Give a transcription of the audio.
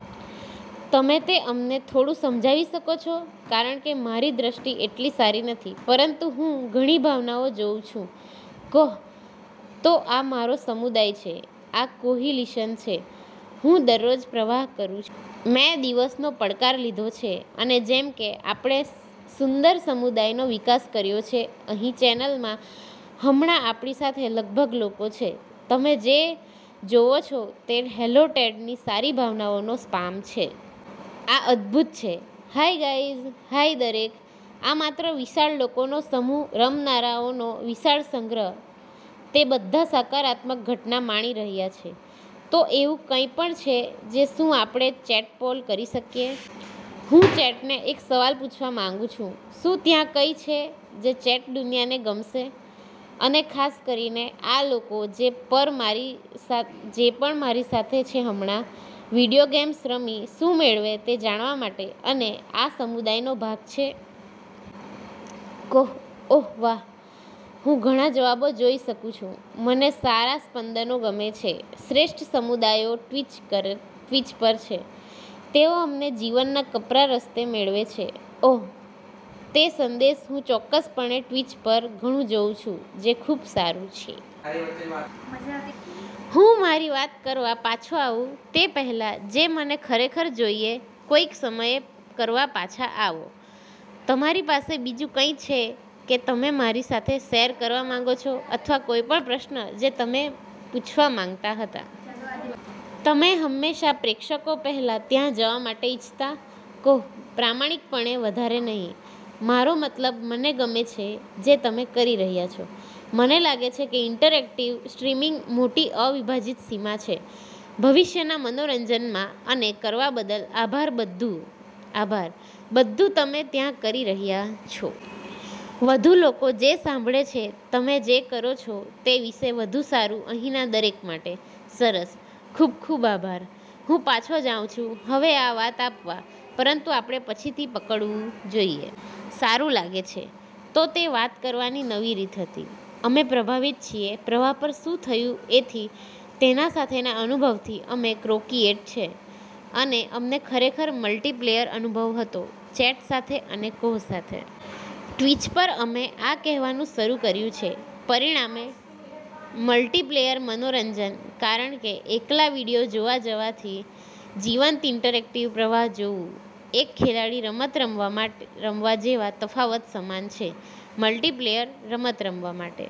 તમે તે અમને થોડું સમજાવી શકો છો? કારણ કે મારી દૃષ્ટિ એટલી સારી નથી પરંતુ હું ઘણી ભાવનાઓ જોઉં છું. કોહ: તો આ મારો સમુદાય છે, આ કોહિલિશન છે. હું દરરોજ પ્રવાહ કરું છું. મે દિવસનો પડકાર લીધો છે અને જેમ કે આપણે સુંદર સમુદાયનો વિકાસ કર્યો છે અહીં ચેનલમાં. હમણાં આપણી સાથે લગભગ લોકો છે. તમે જે જોવો છો તે "હેલો ટેડ" ની સારી ભાવનાઓનો સ્પામ છે. "આ અદ્ભુત છે," "હાય ગાય્સ," "હાય, દરેક." આ માત્ર વિશાળ લોકોનો સમૂહ રમનારાઓનો વિશાળ સંગ્રહ તે બધા સકારાત્મક ઘટના માણી રહ્યા છે. તો એવું કંઈ પણ છે જે શું આપણે ચેટ પોલ કરી શકીએ? હું ચેટને એક સવાલ પૂછવા માંગું છું; "શું ત્યાં કઈ છે જે ચેટ દુનિયાને ગમશે? અને ખાસ કરીને આ લોકો જે પર મારી સાથે છે હમણાં, વિડિયો ગેમ્સ રમી શું મેળવે તે જાણવા માટે અને આ સમુદાયનો ભાગ છે?" કોહ: ઓહ, વાહ. હું ઘણા જવાબો જોઈ શકું છું. "મને સારા સ્પંદનો ગમે છે." "શ્રેષ્ઠ સમુદાયો ટ્વિચ પર છે." "તેઓ અમને જીવનના કપરા રસ્તે મેળવે છે." ઓહ, તે સંદેશ હું ચોક્કસપણે ટ્વિચ પર ઘણું જોઉં છું જે ખૂબ સારું છે. હું મારી વાત કરવા પાછો આવું તે પહેલાં જે મને ખરેખર જોઈએ કોઈક સમયે કરવા પાછા આવો. તમારી પાસે બીજું કંઈ છે કે તમે મારી સાથે શેર કરવા માંગો છો અથવા કોઈપણ પ્રશ્ન જે તમે પૂછવા માંગતા હતા? તમે હંમેશા પ્રેક્ષકો પહેલાં ત્યાં જવા માટે ઇચ્છતા? કોહ: પ્રમાણિકપણે, વધારે નહીં. મારો મતલબ મને ગમે છે જે તમે કરી રહ્યા છો. મને લાગે છે કે ઇન્ટરેક્ટિવ સ્ટ્રીમિંગ મોટી અવિભાજિત સીમા છે ભવિષ્યના મનોરંજનમાં અને કરવા બદલ આભાર બધું તમે ત્યાં કરી રહ્યા છો. વધુ લોકો જે સાંભળે છે તમે જે કરો છો તે વિશે વધુ સારું અહીંના દરેક માટે. સરસ. ખુબ ખુબ આભાર. હું પાછો જાઉં છું હવે આ વાત આપવા, પરંતુ આપણે પછીથી પકડવું જોઈએ. સારું લાગે છે. તો તે વાત કરવાની નવી રીત હતી. અમે પ્રભાવીત છીએ પ્રવાહ પર શું થયું એથી. તેના સાથેના અનુભવથી અમે કોક્રિયેટ છે અને અમને ખરેખર મલ્ટિપ્લેયર અનુભવ હતો ચેટ સાથે અને કોહ સાથે. ટ્વિચ પર અમે આ કહેવાનું શરૂ કર્યું છે. પરિણામે, "મલ્ટિપ્લેયર મનોરંજન" કારણ કે એકલા વિડિઓ જોવા જવાથી જીવંત ઇન્ટરેક્ટિવ પ્રવાહ જોવું એક ખેલાડી રમત રમવા જેવા તફાવત સમાન છે મલ્ટિપ્લેયર રમત રમવા માટે.